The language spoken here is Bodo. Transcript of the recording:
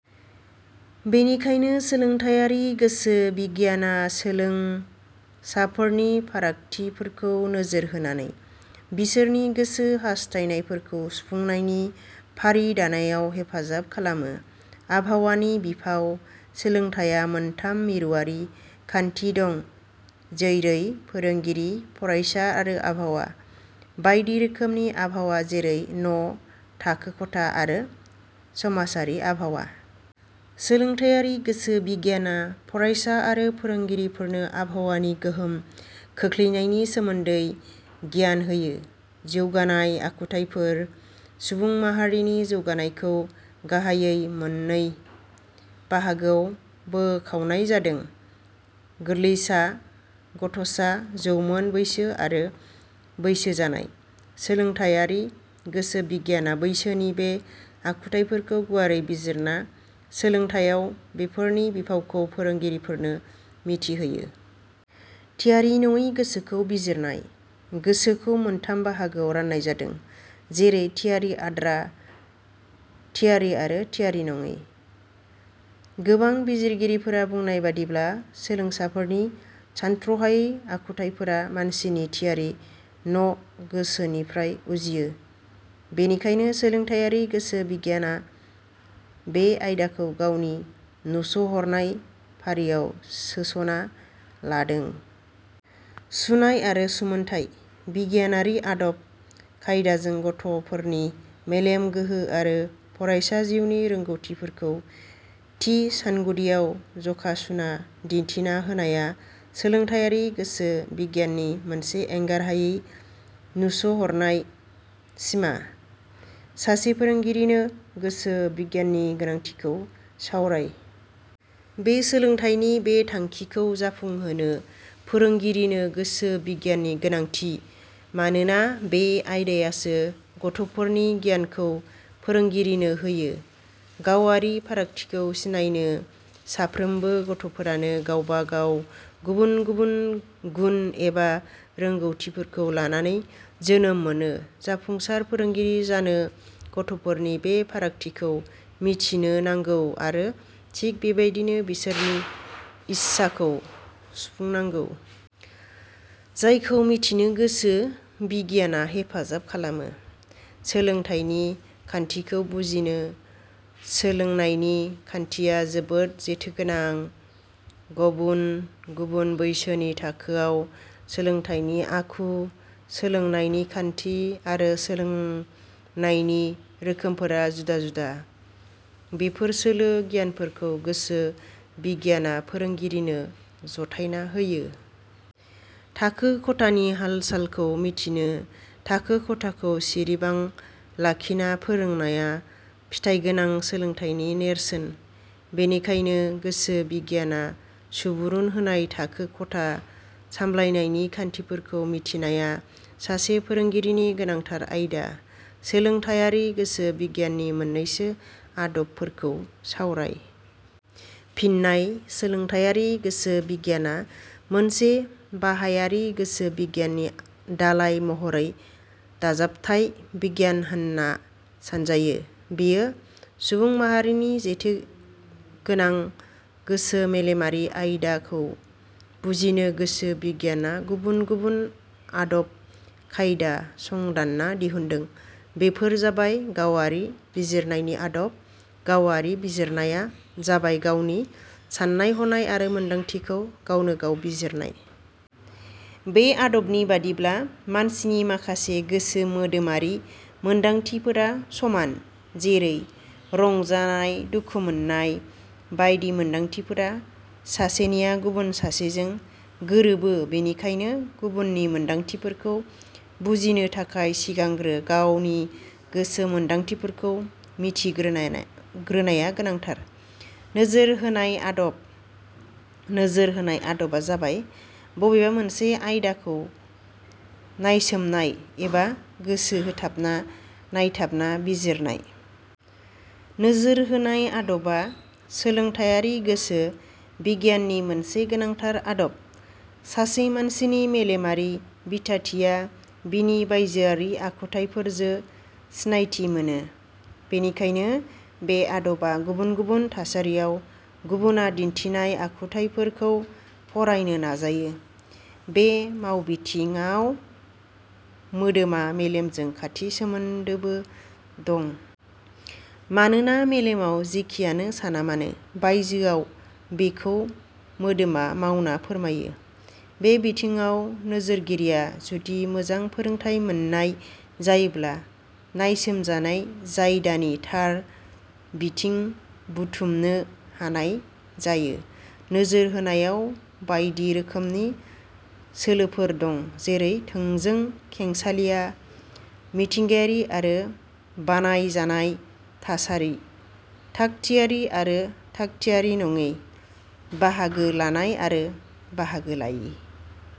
बेनिखायनो सोलोंथाइयारि गोसो बिगियाना सोलों साफोरनि फारागथिफोरखौ नोजोर होनानै बिसोरनि गोसो हासथायनायफोरखौ सुफुंनायनि फारि दानायाव हेफाजाब खालामो। आबहावानि बिफाव: सोलोंथाइया मोनथाम मिरुयारि खान्थि दं। जेरै- फोरोंगिरि, फरायसा आरो आबहावा। बायदि रोखोमनि आबहावा जैरै- न', थाखो खथा आरो समाजारि आबहावा। सोलोंथाइयारि गोसो बिगियाना फरायसा आरो फोरोंगिरिफोरनो आबहावानि गोहोम खोख्लैनायनि सोमोन्दै गियान होयो। जौगानाय आखुथाइफोर: सुबुं माहारिनि जौगानायखौ गाहाइयै मोननै बाहागोआव बोखावनाय जादों- गोरलैसा, गथ'सा, जौमोन बैसो आरो बैसो जानाय। सोलोंथाइयारि गोसो बिगियाना बैसोनि बे आखुथाइफोरखौ गुवारै बिजिरना सोलोंथाइयाव बेफोरनि बिफावखौ फोरोंगिरिफोरनो मिथि होयो। थियारि नङै गोसोखौ बिजिरनाय: गोसोखौ मोनथाम बाहागोआव रान्नाय जादों। जेरै थियारि, आद्रा थियारि आरो थियारि नडै। गोबां बिजिरगिरिफोरा बुंनाय बादिब्ला सोलोंसाफोरनि सानथ्रहायै आखुथाइफोरा मानसिनि थियारि न गोसोनिफ्राय उजियो। बेनिखायनो सोलोंथाइयारि गोसो बिगियाना बे आयदाखौ गावनि नुस'हरनाय फारियाव सोसना लादों। सुनाय आरो सुमोनथाइ: बिगियानारि आदब खायदाजों गथ 'फोरनि मेलेम गोहो आरो फरायसा जिउनि रोंगौथिफोरखौ थि सानगुदियाव जखा सुना दिन्थिना होनाया सोलोंथाइयारि गोसो बिगियाननि मोनसे एंगार हायै नुस 'हरनाय सिमा। सासे फोरोंगिरिनो गोसो बिगियाननि गोनांथिखौ सावराय। बे सोलोंथाइनि बे थांखिखौ जाफुंहोनो फोरोंगिरिनो गोसो बिगियाननि गोनांथि। मानोना बे आयदायासो गथ'फोरनि गियानखौ फोरोंगिरिनो होयो। गावारि फारागथिखौ सिनायनो: साफ्रोमबो गथ'फोरानो गावबा गाव गुबुन गुबुन गुन एबा रोंगौथिफोरखौ लानानै जोनोम मोनो। जाफुंसार फोरोंगिरि जानो गथ'फोरनि बे फारागथिखौ मिथिनो नांगौ आरो थिग बेबादिनो बिसोरनि इससाखौ सुफुंनांगौ। जायखौ मिथिनो गोसो बिगियाना हेफाजाब खालामो। सोलोंथाइनि खान्थिखौ बुजिनो: सोलोंनायनि खान्थिया जोबोद जेथो गोनां। गबुन गुबुन बैसोनि थाखोआव सोलोंनायनि आखु, सोलोंनायनि खान्थि आरो सोलोंनायनि रोखोमफोरा जुदा-जुदा। बेफोर सोलो गियानफोरखौ गोसो बिगियाना फोरोंगिरिनो जथायना होयो। थाखो खथानि हाल-सालखौ मिथिनो: थाखो खथाखौ सिरिबाङ लाखिना फोरोंनाया फिथाइगोनां सोलोंथाइनि नेरसोन। बेनिखायनो गोसो बिगियाना सुबुरुन होनाय थाखो खथा सामब्लायनायनि खान्थिफोरखौ मिथिनाया सासे फोरोंगिरिनि गोनांथार आयदा। सोलोंथाइयारि गोसो बिगियाननि मोननैसो आदबफोरखौ सावराय। फिननाय: सोलोंथायारि गोसो बिगियाना मोनसे बाहायारि गोसो बिगियाननि दालाइ महरै दाजाबथाइ बिगियान होनना सानजायो। बेयो सुबुंमाहारिनि जेथोगोनां गोसो-मेलेमारि आयदाखौ बुजिनो गोसो बिगियाना गुबुन गुबुन आदब खायदा संदान्ना दिहुनदों। बेफोर जाबाय-. गावारि बिजिरनायनि आदब: गावारि बिजिरनाया जाबाय-गावनि सान्नाय-हनाय आरो मोनदांथिखौ गावनो गाव बिजिरनाय। बे आदबनि बादिब्ला मानसिनि माखासे गोसो-मोदोमारि मोनदांथिफोरा समान। जेरै- रंजानाय, दुखुमोन्नाय बायदि मोनदांथिफोरा सासेनिया गुबुन सासेजों गोरोबो बेनिखायनो गुबुननि मोनदांथिफोरखौ बुजिनो थाखाय सिगांग्रो गावनि गोसो-मोनदांथिफोरखौ मिथिग्रोनाया गोनांथार।.नोजोर होनाय आदब: नोजोर होनाय आदबा जाबाय बबेबा मोनसे आयदाखौ नायसोमनाय एबा गोसो होथाबना नायथाबना बिजिरनाय। नोजोर होनाय आदबा सोलोंथाइयारि गोसो बिगियाननि मोनसे गोनांथार आदब। सासे मानसिनि मेलेमारि बिथाथिया बिनि बायजोआरि आखुथाइफोरजो सिनायथि मोनो। बेनिखायनो बे आदबा गुबुन गुबुन थासारियाव गुबुना दिन्थिनाय आखुथाइफोरखौ फरायनो नाजायो। बे मावबिथिङाव मोदोमा मेलेमजों खाथि सोमोन्दोबो दं। मानोना मेलेमाव जेखियानो सानामानो बायजोआव बेखौ मोदोमा मावना फोरमायो। बे बिथिङाव नोजोरगिरिया जुदि मोजां फोरोंथाइ मोन्नाय जायोब्ला नायसोमजानाय जायदानि थार बिथिं बुथुमनो हानाय जायो। नोजोर होनायाव बायदि रोखोमनि सोलोफोर दङ'। जेरै- थोंजों, खेंसालिया, मिथिंगायारि आरो बानायजानाय थासारि, थाग- थियारि आरो थाग-थियारि नङि, बाहागो लानाय आरो बाहागो लायि।